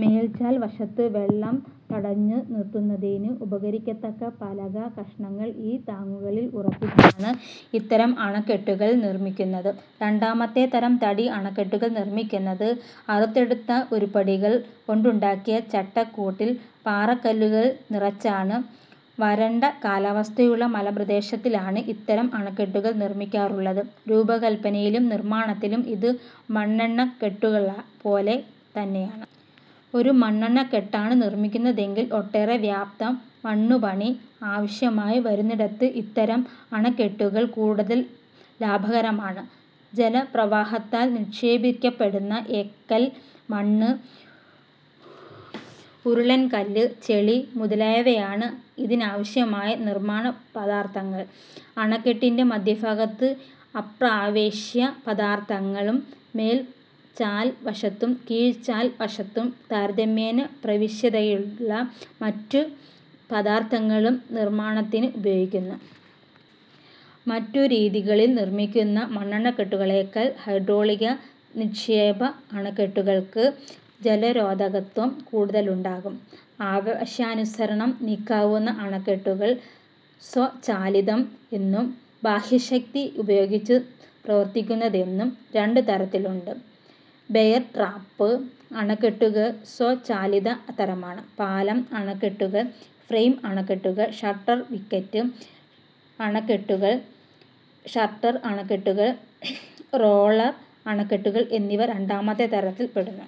മേൽചാൽ വശത്ത് വെള്ളം തടഞ്ഞു നിറുത്തുന്നതിന് ഉപകരിക്കത്തക്ക പലക കഷണങ്ങൾ ഈ താങ്ങുകളിൽ ഉറപ്പിച്ചാണ് ഇത്തരം അണക്കെട്ടുകൾ നിർമ്മിക്കുന്നത്. രണ്ടാമത്തെ തരം തടി അണക്കെട്ടുകൾ നിർമ്മിക്കുന്നത് അറുത്തെടുത്ത ഉരുപ്പടികൾ കൊണ്ടുണ്ടാക്കിയ ചട്ട കൂട്ടിൽ പാറക്കല്ലുകൾ നിറച്ചാണ്. വരണ്ട കാലാവസ്ഥയുള്ള മലമ്പ്രദേശത്തിലാണ് ഇത്തരം അണക്കെട്ടുകൾ നിർമ്മിക്കാറുള്ളത്. രൂപകല്പനയിലും നിർമ്മാണത്തിലും ഇത് മണ്ണണക്കെട്ടുപോലെ തന്നെയാണ്. ഒരു മണ്ണണക്കെട്ടാണു നിർമ്മിക്കുന്നതെങ്കിൽ ഒട്ടേറെ വ്യാപ്തം മണ്ണുപണി ആവശ്യമായി വരുന്നിടത്ത് ഇത്തരം അണക്കെട്ടുകൾ കൂടുതൽ ലാഭകരമാണ്. ജല പ്രവാഹത്താൽ നിക്ഷേപിക്കപ്പെടുന്ന എക്കൽ, മണ്ണ്, ഉരുളൻകല്ല്, ചെളി മുതലായവയാണ് ഇതിനാവശ്യമായ നിർമ്മാണ പദാർഥങ്ങൾ. അണക്കെട്ടിന്റെ മദ്ധ്യഭാഗത്ത് അപ്രവേശ്യ പദാർഥങ്ങളും, മേൽചാൽ വശത്തും കീഴ്ചാൽ വശത്തും, താരതമ്യേന പ്രവിശ്യതയുള്ള മറ്റു പദാർഥങ്ങളും നിർമ്മാണത്തിന് ഉപയോഗിക്കുന്നു. മറ്റു രീതികളിൽ നിർമ്മിക്കുന്ന മണ്ണണക്കെട്ടുകളേക്കാൾ ഹൈഡ്രോളിക നിക്ഷേപ അണക്കെട്ടുകൾക്ക് ജലരോധകത്വം കൂടൂതലുണ്ടാകും. ആവശ്യാനുസരണം നീക്കാവുന്ന അണക്കെട്ടുകൾ സ്വചാലിതം എന്നും, ബാഹ്യശക്തി ഉപയോഗിച്ചു പ്രവർത്തിക്കുന്നതെന്നും രണ്ടു തരത്തിലുണ്ട്. ബെയർ-ട്രാപ്പ് അണക്കെട്ടുകൾ സ്വചാലിത തരമാണ്. 'പാലം-അണക്കെട്ടു'കൾ, ഫ്രെയിം അണക്കെട്ടുകൾ, ഷട്ടർ-വിക്കറ്റ് അണക്കെട്ടുകൾ, ഷട്ടർ അണക്കെട്ടുകൾ, റോളർ അണക്കെട്ടുകൾ എന്നിവ രണ്ടാമത്തെ തരത്തിൽ പെടുന്നു.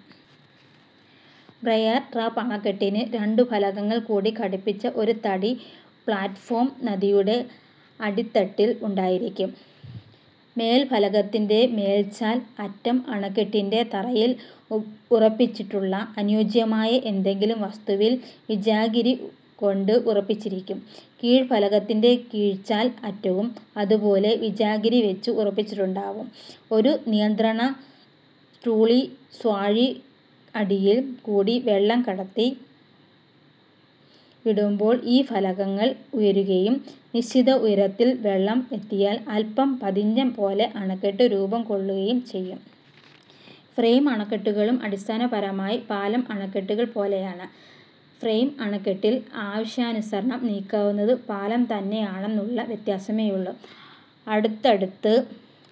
ബെയർ-ട്രാപ്പ് അണക്കെട്ടിന് രണ്ടു ഫലകങ്ങൾ കൂട്ടി ഘടിപ്പിച്ച ഒരു തടി പ്ളാറ്റ്ഫോം നദിയുടെ അടിത്തട്ടിൽ ഉണ്ടായിരിക്കും. മേൽഫലകത്തിന്റെ മേൽചാൽ അറ്റം അണക്കെട്ടിന്റെ തറയിൽ ഉറപ്പിച്ചിട്ടുള്ള അനുയോജ്യമായ എന്തെങ്കിലും വസ്തുവിൽ വിജാഗിരി കൊണ്ട് ഉറപ്പിച്ചിരിക്കും. കീഴ്ഫലകത്തിന്റെ കീഴ്ചാൽ അറ്റവും ഇതുപോലെ വിജാഗിരി വച്ച് ഉറപ്പിച്ചിട്ടുണ്ടാവും. ഒരു നിയന്ത്രണ സ്ളൂയിസ്വാഴി അടിയിൽ കൂടി വെള്ളം കടത്തി വിടുമ്പോൾ ഈ ഫലകങ്ങൾ ഉയരുകയും, നിശ്ചിത ഉയരത്തിൽ വെള്ളം എത്തിയാൽ അല്പം പതിഞ്ഞ '' പോലെ അണക്കെട്ട് രൂപം കൊള്ളുകയും ചെയ്യും. ഫ്രെയിം അണക്കെട്ടുകളും അടിസ്ഥാനപരമായി 'പാലം-അണക്കെട്ടു'കൾ പോലെയാണ്. ഫ്രെയിം അണക്കെട്ടിൽ ആവശ്യാനുസരണം നീക്കാവുന്നത് പാലം തന്നെയാണെന്നുള്ള വ്യത്യാസമേയുള്ളു. അടുത്തടുത്ത്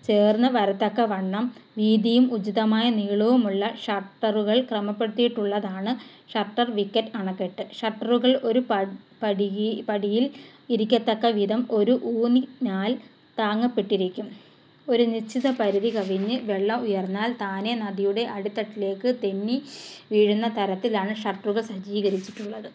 ചേർന്നു വരത്തക്കവണ്ണം വീതിയും ഉചിതമായ നീളവുമുള്ള ഷട്ടറുകൾ ക്രമപ്പെടുത്തിയിട്ടുള്ളതാണ് ഷട്ടർ-വിക്കറ്റ് അണക്കെട്ട്. ഷട്ടറുകൾ ഒരു പടിയിൽ ഇരിക്കത്തക്ക വിധം ഒരു ഊന്നിനാൽ താങ്ങപ്പെട്ടിരിക്കും. ഒരു നിശ്ചിത പരിധി കവിഞ്ഞ് വെള്ളം ഉയർന്നാൽ താനേ നദിയുടെ അടിത്തട്ടിലേക്ക് തെന്നി വീഴുന്ന തരത്തിലാണ് ഷട്ടറുകൾ സജ്ജീകരിച്ചിട്ടുള്ളത്.